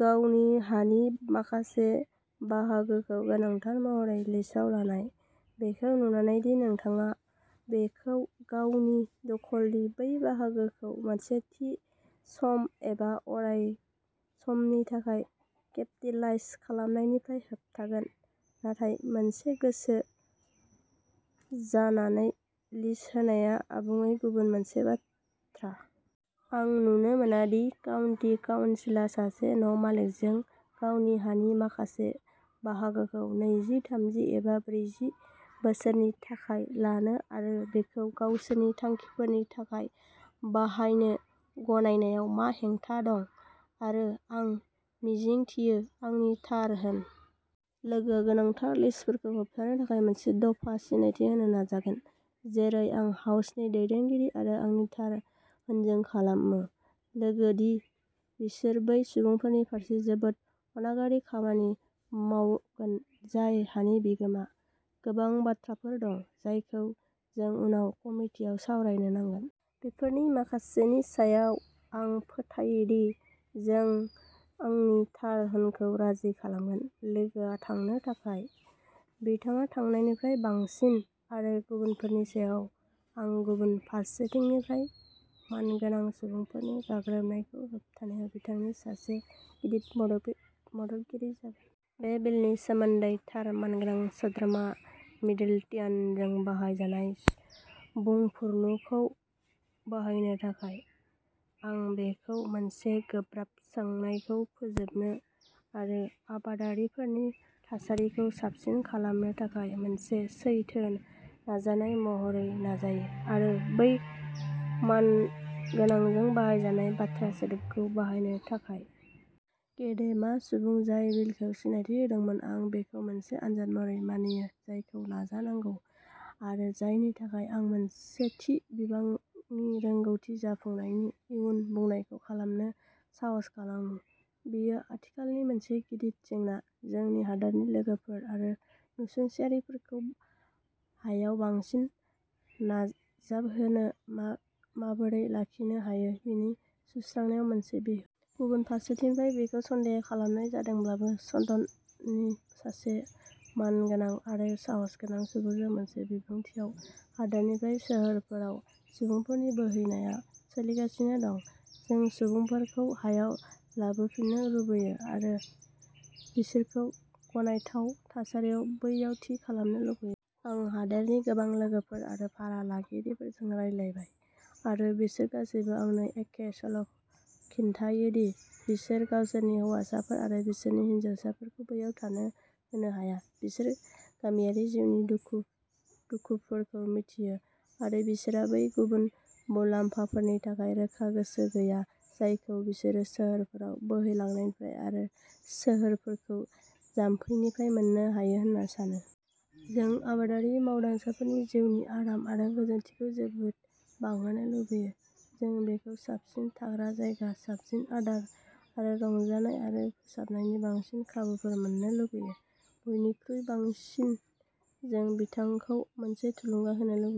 गावनि हानि माखासे बाहागोखौ गोनांथार महरै लिजआव लानाय, बेखौ नुनानै दि नोंथाङा बिखौ गावनि दखलनि बै बाहागोखौ मोनसे थि सम एबा अराय समनि थाखाय केपटेलाइज खालामनायनिफ्राय होबथायगोन। नाथाय मोनसे गोसो जानानै लिज होनाया आबुङै गुबुन मोनसे बाथ्रा। आं नुनो मोना दि काउन्टि काउन्सिलआ सासे न'मालिकजों गावनि हानि माखासे बाहागोखौ नैजि थामजि, एबा ब्रैजि बोसोरनि थाखाय लानो आरो बेखौ गावसोरनि थांखिफोरनि थाखाय बाहायनो गनायनायाव मा हेंथा दं, आरो आं मिजिंथियो आंनि थार होन। लोगोआ गोनांथार लिजफोरखौ होबथानो थाखाय मोनसे दफा सिनायथि होनो नाजागोन, जेरै आं हाउसनि दैदेनगिरि आरो आंनि थार होनजों खालामो। लोगो दि बिसोरो बै सुबुंफोरनि फारसे जोबोद अनागारि खामानि मावगोन जाय हानि बिगोमा। गोबां बाथ्राफोर दं जायखौ जों उनाव कमितिआव सावरायनो नांगोन। बेफोरनि माखासेनि सायाव आं फोथायो दि जों आंनि थार होनखौ राजि खालामगोन। लोगोआ थांनो थाखाय। बिथाङा थांनायनिफ्राय बांसिन, आरो गुबुनफोरनि सायाव आं गुबुन फारसेथिंनिफ्राय मानगोनां सुबुंफोरनि गाग्लोबनायखौ होबथानायाव बिथांनि सासे गिदिर मदद मददगिरि जागोन। बे बिलनि सोमोन्दै थार मानगोनां सोद्रोमा मिडिलथियान जों बाहायजानाय बुंफुरलुखौ बाहायनो थाखाय, आं बेखौ मोनसे गोब्राब सोंनायखौ फोजोबनो आरो आबादारिफोरनि थासारिखौ साबसिन खालामनो थाखाय मोनसे सैथो नाजानाय महरै नाजायो, आरो थार मानगोनांजों बाहायजानाय बाथ्रा सोदोबखौ बाहायनो थाखाय। गेदेमा सुबुं जाय बिलखौ सिनायथि होदोंमोन, आं बेखौ मोनसे आनजाद महरै मानियो जायखौ नाजानांगौ, आरो जायनि थाखाय आं मोनसे थि बिबांनि रोंग'थि जाफुंनायनि इयुन बुंनायखौ खालामनो साहस खालामो। बेयो आथिखालनि मोनसे गिदिर जेंना, जोंनि हादोरनि लोगोफोर आरो नसुंसेयारिफोरखौ हायाव बांसिन नांजाबहोनो मा माबोरै लाखिनो हायो, बिनि सुस्रांनायाव मोनसे बिहो। गुबुन फारसेथिंनिफ्राय बेखौ सन्देह खालामनाय जादोंब्लाबो। सदननि सासे मानगोनां आरो साहसगोनां सुबुंजों मोनसे बिबुंथियाव, हादोरनिफ्राय सोहोरफोराव सुबुंफोरनि बोहैनाया सोलिगासिनो दं। जों सुबुंफोरखौ हायाव लाबोफिननो लुगैयो आरो बिसोरखौ गनायथाव थासारियाव बैयाव थि खालामनो लुगैयो। आं हादोरनि गोबां लोगोफोर आरो भारा लागिरिफोरजों रायज्लायबाय, आरो बिसोर गासैबो आंनो एखे सल'खिन्थायो-दि बिसोर गावसोरनि हौवासाफोर आरो बिसोरनि हिनजावसाफोरखौ बैयाव थानो होनो हाया। बिसोर गामियारि जिउनि दुखु दुखुफोरखौ मिथियो, आरो बिसोरहा बै गुबुन मुलाम्फाफोरनि थाखाय रोखा गोसो गैया जायखौ बिसोरो सोहोरफोराव बोहैलांनायनिफ्राय आरो सोहोरफोरखौ जामफैनायनिफ्राय मोननो हायो होन्ना सानो। जों आबादारि मावदांसाफोरनि जिउनि आराम आरो गोजोनथिखौ जोबोद बांहोनो लुगैयो। जों बिखौ साबसिन थाग्रा जायगा, साबसिन आदार आरो रंजानाय आरो फोसाबनायनि बांसिन खाबुफोर मोन्नो लुगैयो। बयनिख्रुइ बांसिन जों बिथांखौ मोनसे थुलुंगा होनो लुगैयो।